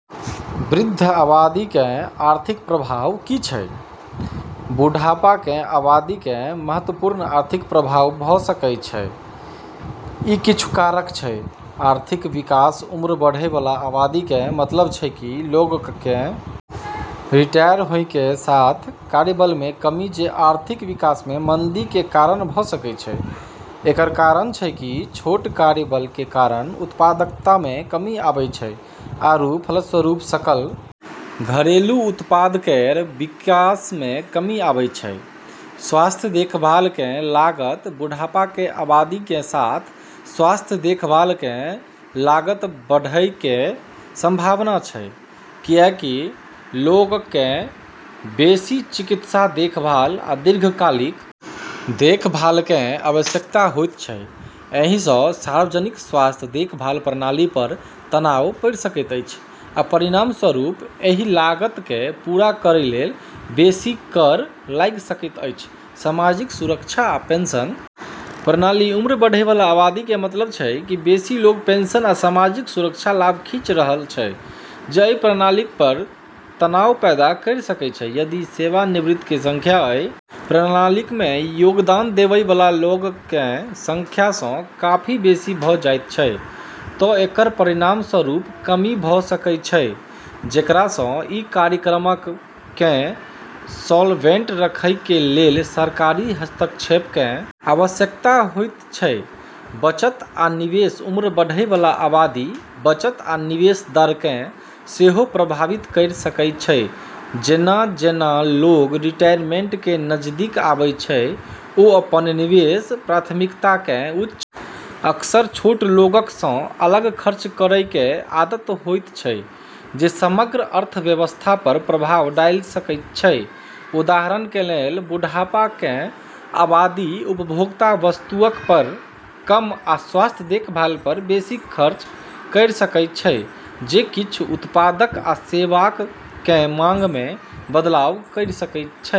वृद्ध आबादी कें आर्थिक प्रभाव की छै? बुढ़ापा कें आबादी कें महत्वपूर्ण आर्थिक प्रभाव भ सकएय छै, इ किछु कारक छै, आर्थिक विकास उम्र बढ़य वाला आबादी कें मतलब छै कि लोगक कें रिटायर होय कें साथ कार्यबल मे कमी जे आर्थिक विकास मे मंदी कें कारण भ सकय छै, एकरऽ कारण छै कि छोटऽ कार्यबल के कारण उत्पादकता मे कमी आबै छै आरू फलस्वरूप सकल घरेलू उत्पाद केरऽ विकास मे कमी आबै छै, स्वास्थ्य देखभाल कें लागत बुढ़ापा कें आबादी कें साथ स्वास्थ्य देखभाल कें लागत बढ़एय कें संभावना छै कियाकि लोगक कें बेसि चिकित्सा देखभाल आ दीर्घकालिक देखभाल कें आवश्यकता होयत छै, एहि सं सार्वजनिक स्वास्थ्य देखभाल प्रणाली पर तनाव पड़ि सकैत अछि आ परिणामस्वरूप एहि लागत के पूरा करय लेल बेसी कर लागि सकैत अछि, सामाजिक सुरक्षा आ पेंशन प्रणाली उम्र बढ़य वाला आबादी कें मतलब छै कि बेसि लोग पेंशन आ सामाजिक सुरक्षा लाभ खींच रहल छै जे अइ प्रणालीक पर तनाव पैदा कयर सकय छै, यदि सेवानिवृत्त कें संख्या अइ प्रणालीक मे योगदान देवय वाला लोगक कें संख्या सं काफी बेसि भ जायत छै त एकर परिणामस्वरूप कमी भ सकय छै जेकरा सं इ कार्यक्रमक कें सॉल्वेंट रखय कें लेल सरकारी हस्तक्षेप कें आवश्यकता होयत छै, बचत आ निवेश उम्र बढ़य वाला आबादी बचत आ निवेश दर कें सेहो प्रभावित कयर सकय छै जेना-जेना लोग रिटायरमेंट कें नजदीक आबै छै ओ अपन निवेश प्राथमिकता कें उच्च अक्सर छोट लोगक सं अलग खर्च करय कें आदत होयत छै जे समग्र अर्थव्यवस्था पर प्रभाव डाल सकय छै उदाहरण कें लेल, बुढ़ापा कें आबादी उपभोक्ता वस्तुअक पर कम आ स्वास्थ्य देखभाल पर बेसि खर्च कयर सकय छै जे किच्छू उत्पादक आ सेवाक कें मांग मे बदलाव कयर सकय छै।